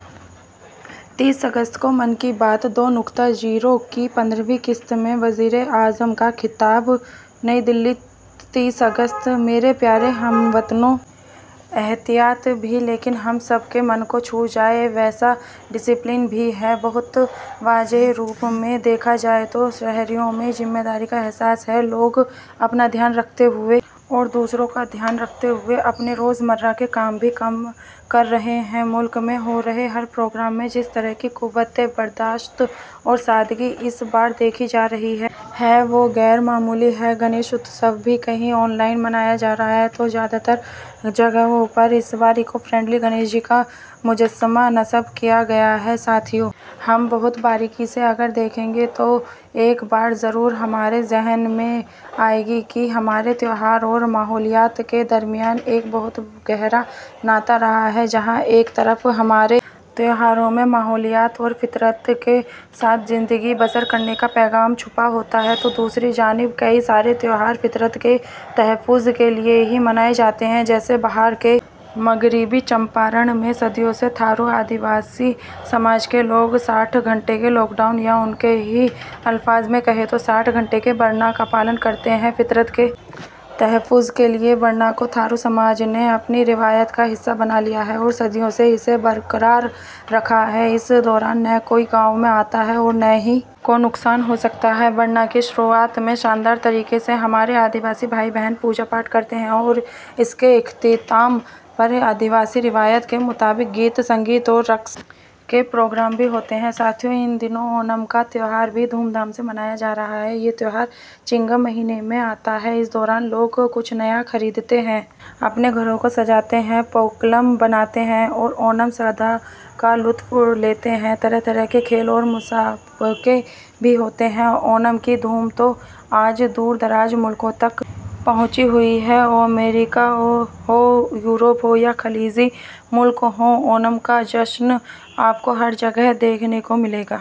وزیر اعظم کے دفتر سے جاری پریس ریلیز تسی اگست کو من کی بات دو نقطہ صفر کی پندرھویں قسط میں وزیر اعظم کا خطاب نئی دہلی تسی اگست میرے پیارے ہم وطنو اتساہ بھی لیکن ہم سب کے من کو چھو جائے ویسا ڈسپلن بھی ہے بہت واضح روپ میں دیکھا جائے تو شہریوں میں ذمہ داری کا احساس ہے لوگ اپنا دھیان رکھتے ہوئے اور دوسروں کا دھیان رکھتے ہوئے اپنے روزمرہ کے کام بھی کر رہے ہیں ملک میں ہو رہے ہر پروگرام میں جس طرح کی قوت برداشت اور سادگی اس بار دیکھی جا رہی ہے وہ غیر معمولی ہے گنیش اتسو بھی کہیں آن لائن منایا جا رہا ہے تو زیادہ تر جگہوں پر اس بار ایکو فرینڈلی گنیش جی کا مجسمہ نصب کیا گیا ہے ساتھیو ہم بہت باریکی سے اگر دیکھیں گے تو ایک بات ضرور ہمارے ذہن میں آئے گی کہ ہمارے تہوار اور ماحولیات کے درمیان ایک بہت گہرا ناطہ رہا ہے جہاں ایک طرف ہمارے تہواروں میں ماحولیات اور فطرت کے ساتھ زندگی بسر کرنے کا پیغام چھپا ہوتا ہے تو دوسری جانب کئی سارے تہوار فطرت کے تحفظ کے لیے ہی منائے جاتے ہیں جیسے بہار کے مغربی چمپارن میں صدیوں سے تھارو آدیواسی سماج کے لوگ ساٹھ گھنٹے کے لاک ڈاؤن یا ان کے ہی الفاظ میں کہیں تو ساٹھ گھنٹے کے برنا کا پالن کرتے ہیں فطرت کے تحفظ کے لیے برنا کو تھارو سماج نے اپنی روایت کا حصہ بنا لیا ہے اور صدیوں سے اسے برقرار رکھا ہے اس دوران نہ کوئی گاؤں میں آتا ہے اور نہ ہی کو نقصان ہو سکتا ہے برنا کی شروعات میں شاندار طریقے سے ہمارے آدیواسی بھائی بہن پوجا پاٹھ کرتے ہیں اور اس کے اختتام پر آدیواسی روایت کے مطابق گیت سنگیت اور رقص کے پروگرام بھی ہوتے ہیں ساتھیو ان دنوں اونم کا تہوار بھی دھوم دھام سے منایا جا رہا ہے یہ تہوار چنگم مہینے میں آتا ہے اس دوران لوگ کچھ نیا خریدتے ہیں اپنے گھروں کو سجاتے ہیں پوکلم بناتے ہیں اور اونم سادیہ کا لطف لیتے ہیں طرح طرح کے کھیل اور مسابقے بھی ہوتے ہیں اونم کی دھوم تو آج دور دراز ملکوں تک پہنچی ہوئی ہے امریکہ ہو یورپ ہو یا خلیجی ملک ہوں اونم کا جشن آپ کو ہر جگہ دیکھنے کو ملے گا